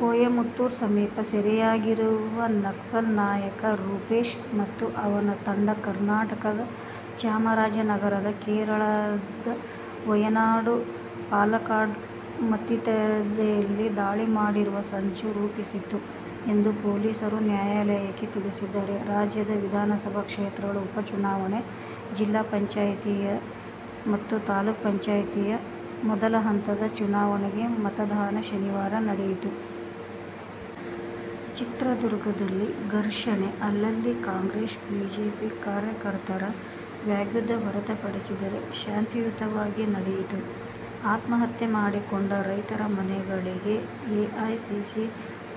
ಕೊಯಮತ್ತೂರು ಸಮೀಪ ಸೆರೆಯಾಗಿರುವ ನಕ್ಸಲ್ ನಾಯಕ ರೂಪೇಶ್ ಮತ್ತು ಅವನ ತಂಡ ಕರ್ನಾಟಕದ ಚಾಮರಾಜನಗರ, ಕೇರಳದ ವಯನಾಡು, ಪಾಲಕ್ಕಾಡ್ ಮತ್ತಿತರೆಡೆಗಳಲ್ಲಿ ದಾಳಿ ಮಾಡುವ ಸಂಚು ರೂಪಿಸಿತ್ತು ಎಂದು ಪೊಲೀಸರು ನ್ಯಾಯಾಲಯಕ್ಕೆ ತಿಳಿಸಿದ್ದಾರೆ. ರಾಜ್ಯದ ವಿಧಾನಸಭಾ ಕ್ಷೇತ್ರಗಳ ಉಪ ಚುನಾವಣೆ, ಜಿಲ್ಲಾಪಂಚಾಯತಿ ಮತ್ತು ತಾಲೂಕು ಪಂಚಾಯತಿಯ ಮೊದಲ ಹಂತದ ಚುನಾವಣೆಗೆ ಮತದಾನ ಶನಿವಾರ ನಡೆಯಿತು. ಚಿತ್ರದುರ್ಗದಲ್ಲಿ ಘರ್ಷಣೆ, ಅಲ್ಲಲ್ಲಿ ಕಾಂಗ್ರೆಸ್ -ಬಿಜೆಪಿ ಕಾರ್ಯಕರ್ತರ ವಾಗ್ಯುದ್ಧ ಹೊರತು ಪಡಿಸಿದರೆ ಶಾಂತಿಯುತವಾಗಿ ನಡೆಯಿತು. ಆತ್ಮಹತ್ಯೆ ಮಾಡಿಕೊಂಡ ರೈತರ ಮನೆಗಳಿಗೆ ಎಐಸಿಸಿ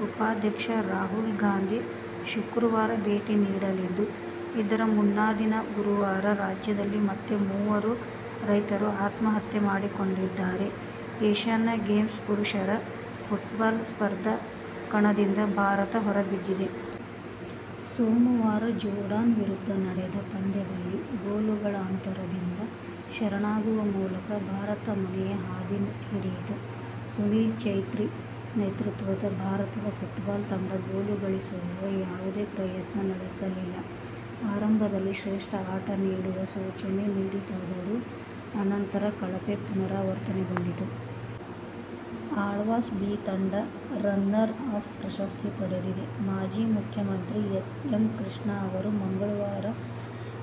ಉಪಾಧ್ಯಕ್ಷರಾಹುಲ್ ಗಾಂಧಿ ಶುಕ್ರವಾರ ಭೇಟಿ ನೀಡಲಿದ್ದು, ಇದರ ಮುನ್ನಾದಿನ ಗುರುವಾರ ರಾಜ್ಯದಲ್ಲಿ ಮತ್ತೆ ಮೂವರು ರೈತರು ಆತ್ಮಹತ್ಯೆ ಮಾಡಿಕೊಂಡಿದ್ದಾರೆ. ಏಶ್ಯನ್ ಗೇಮ್ಸ್ ಪುರುಷರ ಫುಟ್ಬಾಲ್ ಸ್ಪರ್ಧಾ ಕಣದಿಂದ ಭಾರತ ಹೊರಬಿದ್ದಿದೆ. ಸೋಮವಾರ ಜೋರ್ಡಾನ್ ವಿರುದ್ಧ ನಡೆದ ಪಂದ್ಯದಲ್ಲಿ ಗೋಲುಗಳ ಅಂತರದಿಂದ ಶರಣಾಗುವ ಮೂಲಕ ಭಾರತ ಮನೆಯ ಹಾದಿ ಹಿಡಿಯಿತು. ಸುನೀಲ್ ಚೇತ್ರಿ ನೇತೃತ್ವದ ಭಾರತದ ಫುಟ್ಬಾಲ್ ತಂಡ ಗೋಲು ಗಳಿಸುವ ಯಾವುದೇ ಪ್ರಯತ್ನ ನಡೆಸಲಿಲ್ಲ. ಆರಂಭದಲ್ಲಿ ಶ್ರೇಷ್ಠ ಆಟ ನೀಡುವ ಸೂಚನೆ ನೀಡಿತಾದರೂ ಅನಂತರ ಕಳಪೆ ಪುನರಾವರ್ತನೆಗೊಂಡಿತು. ಆಳ್ವಾಸ್ "ಬಿ' ತಂಡ ರನ್ನರ್ ಅಪ್ ಪ್ರಶಸ್ತಿ ಪಡೆದಿದೆ. ಮಾಜಿ ಮುಖ್ಯಮಂತ್ರಿ ಎಸ್. ಎಂ. ಕೃಷ್ಣ ಅವರು ಮಂಗಳವಾರ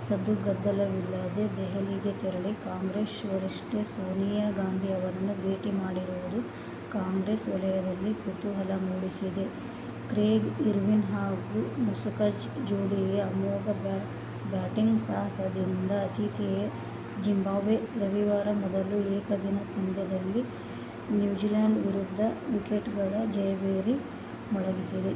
ಸದ್ದುಗದ್ದಲವಿಲ್ಲದೆ ದೆಹಲಿಗೆ ತೆರಳಿ ಕಾಂಗ್ರೆಸ್ ವರಿಷ್ಠೆ ಸೋನಿಯಾ ಗಾಂಧಿ ಅವರನ್ನು ಭೇಟಿ ಮಾಡಿರುವುದು ಕಾಂಗ್ರೆಸ್ ವಲಯದಲ್ಲಿ ಕುತೂಹಲ ಮೂಡಿಸಿದೆ. ಕ್ರೆಗ್ ಇರ್ವಿನ್ ಹಾಗೂ ಮಸಕಝ ಜೋಡಿಯ ಅಮೋಘ ಬ್ಯಾಟಿಂಗ್ ಸಾಹಸದಿಂದ ಆತಿಥೇಯ ಜಿಂಬಾಬ್ವೆ ರವಿವಾರದ ಮೊದಲ ಏಕದಿನ ಪಂದ್ಯದಲ್ಲಿ ನ್ಯೂಜಿಲ್ಯಾಂಡ್ ವಿರುದ್ಧ ವಿಕೆಟ್ಗಳ ಜಯಭೇರಿ ಮೊಳಗಿಸಿದೆ.